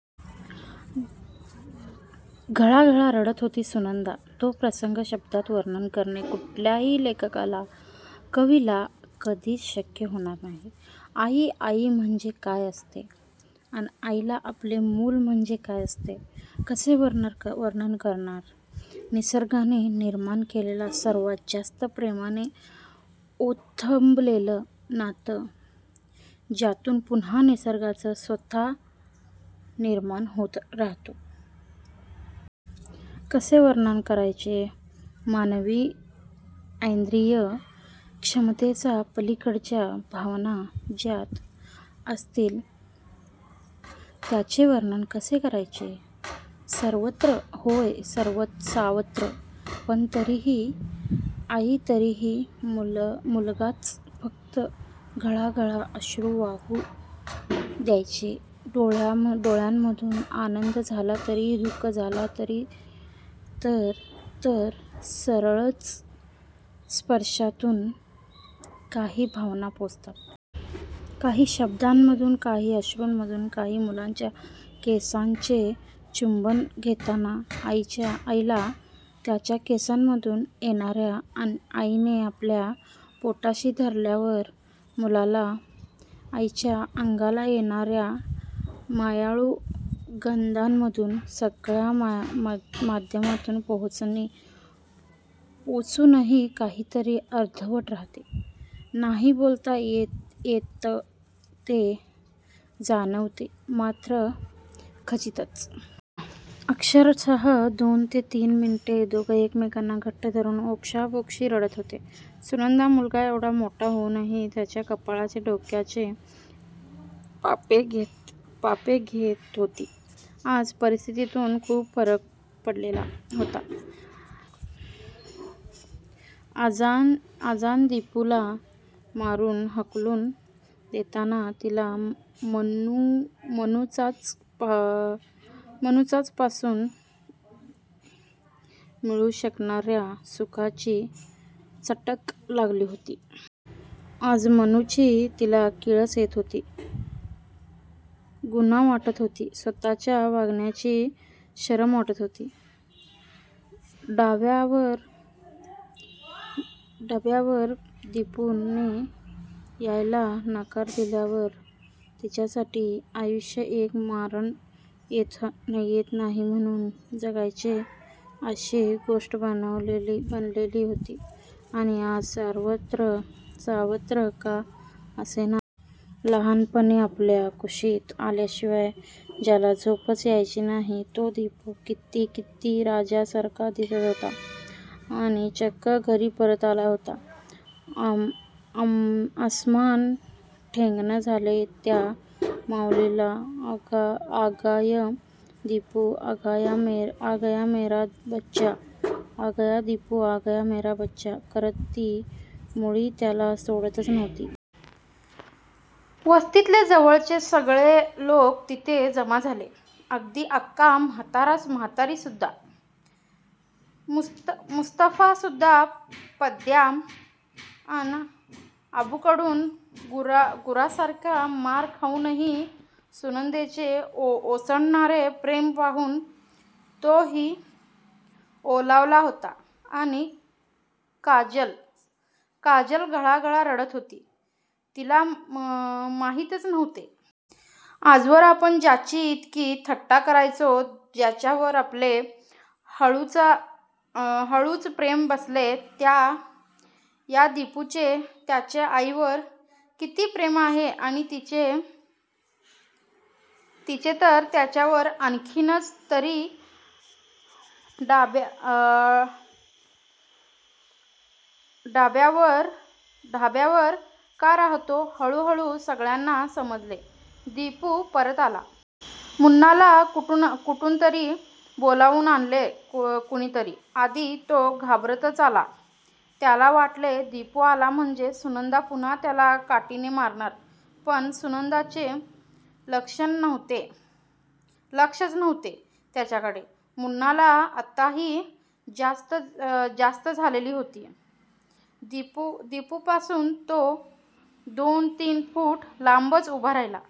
घळाघळा रडत होती सुनंदा तो प्रसंग शब्दात वर्णन करणे कुठल्याही लेखकाला कवीला कधीच शक्य होणार नाही. आई! आई म्हणजे काय असते. अन आईला आपले मूल म्हणजे काय असते. कसे वर्णन करणार? निसर्गाने निर्माण केलेले सर्वात जास्त प्रेमाने ओथंबलेले नाते ज्यातून पुन्हा निसर्गच स्वतः निर्माण होत राहतो. कसे वर्णन करायचे? मानवी ऐंद्रीय क्षमतेच्या पलीकडच्या भावना ज्यात असतील. त्याचे वर्णन कसे करायचे? सावत्र? होय! सावत्र! पण तरीही आई तरीही मुलगाच फक्त घळाघळा अश्रू वाहू द्यायचे डोळ्यांमधून! आनंद झाला तरीही दु:ख झाले तर तर सरळच स्पर्शातून काही भावना पोचतात. काही शब्दांमधून काही अश्रूंमधून काही मुलाच्या केसांचे चुंबन घेताना आईला त्याच्या केसांमधून येणार्या अन आईने आपल्या पोटाशी धरल्यावर मुलाला आईच्या अंगाला येणार्या मायाळू गंधामधून सगळ्या माध्यमातून पोचूनही काहीतरी अर्धवटच राहते. नाही बोलता येत ते जाणवते मात्र खचितच! अक्षरशः दोन ते तीन मिनिटे दोघे एकमेकांना घट्ट धरून ओक्साबोक्षी रडत होते. सुनंदा मुलगा एवढा मोठा होऊनही त्याच्या कपाळाचे, डोक्याचे पापे घेत होती. आज परिस्थितीत खूप फरक पडलेला होता. अजाण दिपूला मारून हाकलून देताना तिला मन्नूचाचापासून मिळू शकणार्या सुखाची चटक लागली होती. आज मन्नूची तिला किळस येत होती. घृणा वाटत होती. स्वतःच्या वागण्याची शरम वाटत होती. ढाब्यावर दिपूने यायला नकार दिल्यावर तिच्यासाठी आयुष्य एक 'मरण येत नाही म्हणून जगायचे' अशी गोष्ट बनलेली होती आणि आज सावत्र का असेना. लहानपणी आपल्या कुशीत आल्याशिवाय ज्याला झोपच यायची नाही तो दिपू. कित्ती कित्ती राजासारखा दिसत होता आणि चक्क घरी परत आला होता. अस्मान ठेंगणे झाले त्या माउलीला. 'आगया दिपू, आगया मेरा बच्चा' करत ती मुळी त्याला सोडतच नव्हती. वस्तीतले जवळचे सगळे लोक तिथे जमा झाले. अगदी आक्का म्हातारी सुद्धा! मुस्तफासुद्धा! पद्या अन अबूकडून गुरासारखा मार खाऊनही सुनंदाचे ओसंडणारे प्रेम पाहून तोही ओलावला होता आणि काजल? काजल घळघळा रडत होती. तिला माहीतच नव्हते. आजवर आपण ज्याची इतकी थट्टा करायचो. ज्याच्यावर आपले हळूच प्रेम बसले. त्या या दिपूचे त्याच्या आईवर किती प्रेम आहे आणि तिचे तर त्याच्यावर आणखीनच. तरी हा ढाब्यावर का राहतो? हळूहळू सगळ्यांना समजले. दिपू परत आला. मन्नूला कुठूनतरी बोलावून आणले कुणीतरी! आधी तो घाबरतच आला. त्याला वाटले दिपू आला म्हणजे सुनंदा पुन्हा त्याला काठीने मारणार! पण सुनंदाचे लक्षच नव्हते त्याच्याकडे! मन्नूला आत्ताही जास्त झालेली होती. दिपूपासून तो दोन तीन फूट लांबच उभा राहिला.